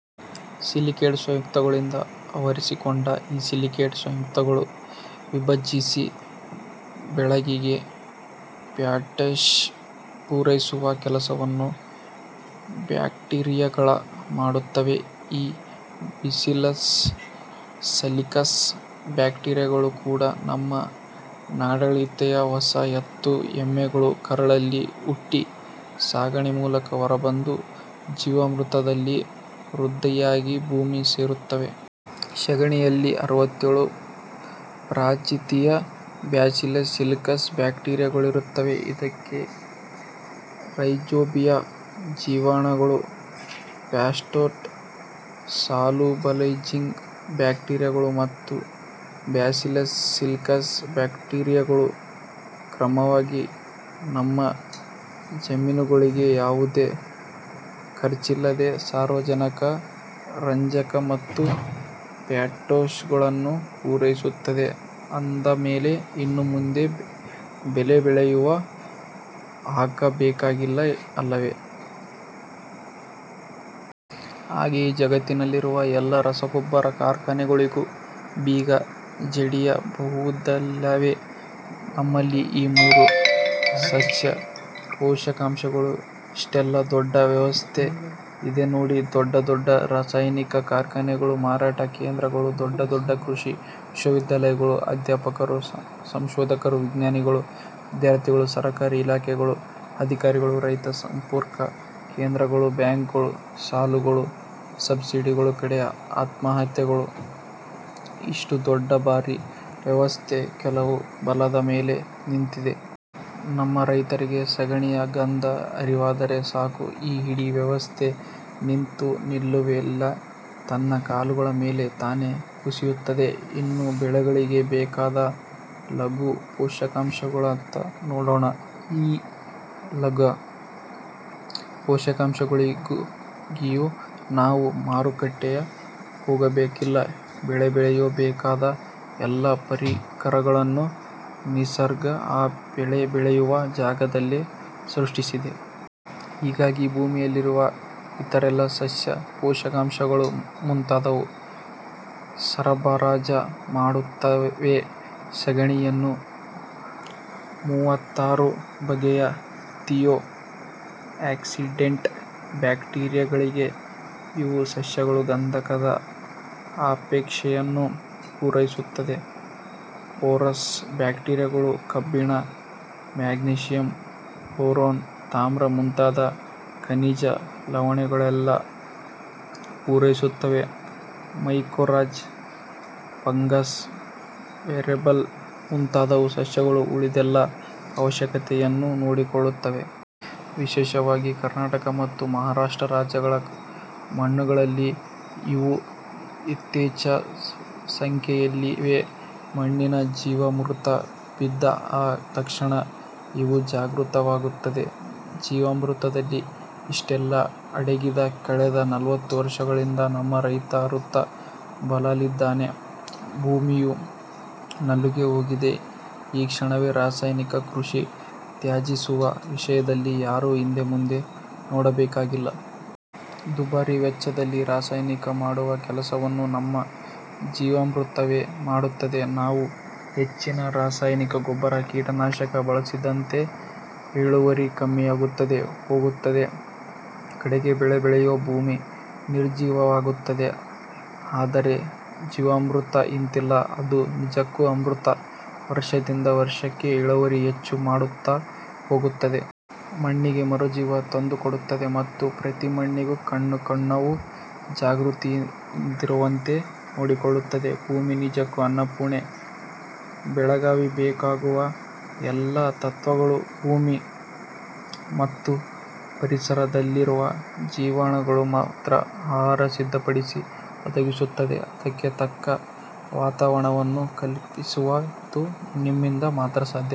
Silicate ಸಂಯುಕ್ತಗಳಿಂದ ಆವರಿಸಿಕೊಂಡಿದೆ. ಈ ಸಿಲಿಕೇಟ್ ಸಂಯುಕ್ತಗಳನ್ನು ವಿಭಜಿಸಿ ಬೆಳೆಗಳಿಗೆ ಪೊಟ್ಯಾಷ್ ಪೂರೈಸುವ ಕೆಲಸವನ್ನು ಬ್ಯಾಕ್ಟೀರಿಯಾಗಳು ಮಾಡುತ್ತವೆ. ಈ ಬ್ಯಾಸಿಲಸ್ ಸಿಲಿಕಸ್ ಬ್ಯಾಕ್ಟೀರಿಯಾಗಳು ಕೂಡ ನಮ್ಮ ನಾಡತಳಿಯ ಹಸು, ಎತ್ತು, ಎಮ್ಮೆಗಳ ಕರುಳಲ್ಲಿ ಹುಟ್ಟಿ, ಸಗಣಿ ಮೂಲಕ ಹೊರ ಬಂದು, ಜೀವಾಮೃತದಲ್ಲಿ ವೃದ್ಧಿಯಾಗಿ ಭೂಮಿ ಸೇರುತ್ತವೆ. ಸಗಣಿಯಲ್ಲಿ ಅರವತ್ತೇಳು ಪ್ರಜಾತಿಯ ಬ್ಯಾಸಿಲಸ್ ಸಿಲಿಕಸ್ ಬ್ಯಾಕ್ಟೀರಿಯಾಗಳಿರುತ್ತವೆ. ಇದೀಗ ರೈಜೋಬಿಯಂ ಜೀವಾಣುಗಳು, ಫಾಸ್ಫೇಟ್ ಸಾಲ್ಯುಬಲೈಜಿಂಗ್ ಬ್ಯಾಕ್ಟೀರಿಯಾಗಳು ಮತ್ತು ಬ್ಯಾಸಿಲಿಸ್ ಸಿಲಿಕಸ್ ಬ್ಯಾಕ್ಟೀರಿಯಾಗಳು ಕ್ರಮವಾಗಿ ನಮ್ಮ ಜಮೀನುಗಳಿಗೆ ಯಾವುದೇ ಖರ್ಚಿಲ್ಲದೆ ಸಾರಜನಕ, ರಂಜಕ ಮತ್ತು ಪೊಟ್ಯಾಷ್ಗಳನ್ನು ಪೂರೈಸುತ್ತವೆ. ಅಂದಾದಮೇಲೆ ಇನ್ನು ಮುಂದೆ ಬೆಳೆ ಬೆಳೆಯಲು ಹಾಕಬೇಕಾಗಿಲ್ಲ ಅಲ್ಲವೆ? ಹಾಗೆಯೇ ಜಗತ್ತಿನಲ್ಲಿರುವ ಎಲ್ಲ ರಸಗೊಬ್ಬರದ ಕಾರ್ಖಾನೆಗಳಿಗೂ ಬೀಗ ಜಡಿಯ ಬಹುದಲ್ಲವೆ ನಮ್ಮಲ್ಲಿ ಈ ಮೂರು ಸಸ್ಯ ಪೋಷಕಾಂಶಗಳಿಗೆ ಎಷ್ಟೆಲ್ಲ ದೊಡ್ಡ ವ್ಯವಸ್ಥೆ ಇದೆ ನೋಡಿ; ದೊಡ್ಡ ದೊಡ್ಡ ರಾಸಾಯನಿಕ ಕಾರ್ಖಾನೆಗಳು, ಮಾರಾಟ ಕೇಂದ್ರಗಳು; ದೊಡ್ಡ ದೊಡ್ಡ ಕೃಷಿ ವಿಶ್ವವಿದ್ಯಾಲಯಗಳು, ಅಧ್ಯಾಪಕರು, ಸಂಶೋಧಕರು, ವಿಜ್ಞಾನಿಗಳು, ವಿದ್ಯಾರ್ಥಿಗಳು; ಸರಕಾರಿ ಇಲಾಖೆಗಳು, ಅಧಿಕಾರಿಗಳು, ರೈತ ಸಂಪರ್ಕ ಕೇಂದ್ರಗಳು; ಬ್ಯಾಂಕುಗಳು, ಸಾಲಗಳು, ಸಬ್ಸಿಡಿಗಳು; ಕಡೆಗೆ ಆತ್ಮಹತ್ಯೆಗಳು ಇಷ್ಟು ದೊಡ್ಡ ಭಾರೀ ವ್ಯವಸ್ಥೆ ಕೇವಲ ಬಲದ ಮೇಲೆ ನಿಂತಿದೆ. ನಮ್ಮ ರೈತರಿಗೆ ಸಗಣಿಯ ಗಂಧ ಅರಿವಾದರೆ ಸಾಕು, ಈ ಇಡೀ ವ್ಯವಸ್ಥೆ ನಿಂತ ನಿಲುವಲ್ಲೆ ತನ್ನ ಕಾಲುಗಳ ಮೇಲೆ ತಾನೇ ಕುಸಿಯುತ್ತದೆ. ಇನ್ನು ಬೆಳೆಗಳಿಗೆ ಬೇಕಾದ ಲಘು ಪೋಷಕಾಂಶಗಳತ್ತ ನೋಡೋಣ. ಈ ಲಘು ಪೋಷಕಾಂಶಗಳಿಗಾಗಿಯೂ ನಾವು ಮಾರುಕಟ್ಟೆಯತ್ತ ಹೋಗಬೇಕಾಗಿಲ್ಲ. ಬೆಳೆ ಬೆಳೆಯಲು ಬೇಕಾದ ಎಲ್ಲ ಪರಿಕರಗಳನ್ನು ನಿಸರ್ಗ ಆ ಬೆಳೆ ಬೆಳೆವ ಜಾಗದಲ್ಲೇ ಸೃಷ್ಟಿಸಿದೆ. ಹೀಗಾಗಿ ಭೂಮಿಯಲ್ಲಿರುವ ಇತರೆಲ್ಲ ಸಸ್ಯ ಪೋಷಕಾಂಶಗಳನ್ನು ಮುಂತಾದವುಗಳು ಸರಬರಾಜು ಮಾಡುತ್ತವೆ. ಸಗಣಿಯಲ್ಲಿ ಮೂವತ್ತಾರು ಬಗೆಯ ಥಿಯೋ ಆಕ್ಸಿಡೆಂಟ್ ಬ್ಯಾಕ್ಟೀರಿಯಾಗಳಿವೆ. ಇವು ಸಸ್ಯಗಳ ಗಂಧಕದ ಅಪೇಕ್ಷೆಯನ್ನು ಪೂರೈಸುತ್ತವೆ. ಫೆರೂಸ್ ಬ್ಯಾಕ್ಟೀರಿಯಾಗಳು ಕಬ್ಬಿಣ, ಮ್ಯಾಗ್ನೀಷಿಯಂ, ಬೋರಾನ್, ತಾಮ್ರ ಮುಂತಾದ ಖನಿಜ, ಲವಣಗಳನ್ನೆಲ್ಲ ಪೂರೈಸುತ್ತವೆ. ಮೈಕೋರೈಜಾ ಫಂಗಸ್, ವೆರಿಬಲ್ ಮುಂತಾದವುಗಳು ಸಸ್ಯಗಳ ಉಳಿದೆಲ್ಲ ಅವಶ್ಯಕತೆಗಳನ್ನು ನೋಡಿಕೊಳ್ಳುತ್ತವೆ. ವಿಶೇಷವಾಗಿ ಕರ್ನಾಟಕ ಮತ್ತು ಮಹಾರಾಷ್ಟ್ರ ರಾಜ್ಯಗಳ ಮಣ್ಣುಗಳಲ್ಲಿ ಇವು ಯಥೇಚ್ಛ ಸಂಖ್ಯೆಯಲ್ಲಿವೆ. ಮಣ್ಣಿಗೆ ಜೀವಾಮೃತ ಬಿದ್ದ ಆ ಕ್ಷಣವೇ ಇವು ಜಾಗೃತವಾಗುತ್ತವೆ. ಜೀವಾಮೃತದಲ್ಲಿ ಇಷ್ಟೆಲ್ಲ ಅಡಗಿದೆ. ಕಳೆದ ನಲವತ್ತು ವರ್ಷಗಳಿಂದ ನಮ್ಮ ರೈತ ವೃಥಾ ಬಳಲಿದ್ದಾನೆ. ಭೂಮಿಯೂ ನಲುಗಿ ಹೋಗಿದೆ. ಈ ಕ್ಷಣವೇ ರಾಸಾಯನಿಕ ಕೃಷಿ ತ್ಯಜಿಸುವ ವಿಷಯದಲ್ಲಿ ಯಾರೂ ಹಿಂದೆ-ಮುಂದೆ ನೋಡಬೇಕಾಗಿಲ್ಲ. ದುಬಾರಿ ವೆಚ್ಚದಲ್ಲಿ ರಾಸಾಯನಿಕಗಳು ಮಾಡುವ ಕೆಲಸವನ್ನು ನಮ್ಮ ಜೀವಾಮೃತವೆ ಮಾಡುತ್ತದೆ. ನಾವು ಹೆಚ್ಚೆಚ್ಚು ರಾಸಾಯನಿಕ ಗೊಬ್ಬರ, ಕೀಟನಾಶಕ ಬಳಸಿದಂತೆಲ್ಲ ಇಳುವರಿ ಕಮ್ಮಿಯಾಗುತ್ತಾ ಹೋಗುತ್ತದೆ, ಕಡೆಗೆ ಬೆಳೆ ಬೆಳೆವ ಭೂಮಿ ನಿರ್ಜೀವವಾಗುತ್ತದೆ. ಆದರೆ ಜೀವಾಮೃತ ಇಂಥಲ್ಲ; ಅದು ನಿಜಕ್ಕೂ ಅಮೃತ. ವರ್ಷದಿಂದ ವರ್ಷಕ್ಕೆ ಇಳುವರಿ ಹೆಚ್ಚು ಮಾಡುತ್ತಾ ಹೋಗುತ್ತದೆ. ಮಣ್ಣಿಗೆ ಮರುಜೀವ ತಂದುಕೊಡುತ್ತದೆ ಮತ್ತು ಪ್ರತಿ ಮಣ್ಣಿನ ಕಣ, ಕಣವೂ ಜಾಗೃತಿಯಿಂದಿರುವಂತೆ ನೋಡಿಕೊಳ್ಳುತ್ತದೆ. ಭೂಮಿ ನಿಜಕ್ಕೂ ಅನ್ನಪೂರ್ಣೆ. ಬೆಳೆಗಾಗಿ ಬೇಕಾಗುವ ಎಲ್ಲ ತತ್ವಗಳು ಭೂಮಿ ಮತ್ತು ಪರಿಸರದಲ್ಲಿವೆ. ಜೀವಾಣುಗಳು ಮಾತ್ರ ಆಹಾರ ಸಿದ್ಧಪಡಿಸಿ ಒದಗಿಸುತ್ತವೆ. ಅದಕ್ಕೆ ತಕ್ಕ ವಾತಾವರಣವನ್ನು ಕಲ್ಪಿಸುವುದು ನಮ್ಮಿಂದ ಮಾತ್ರ ಸಾಧ್ಯ.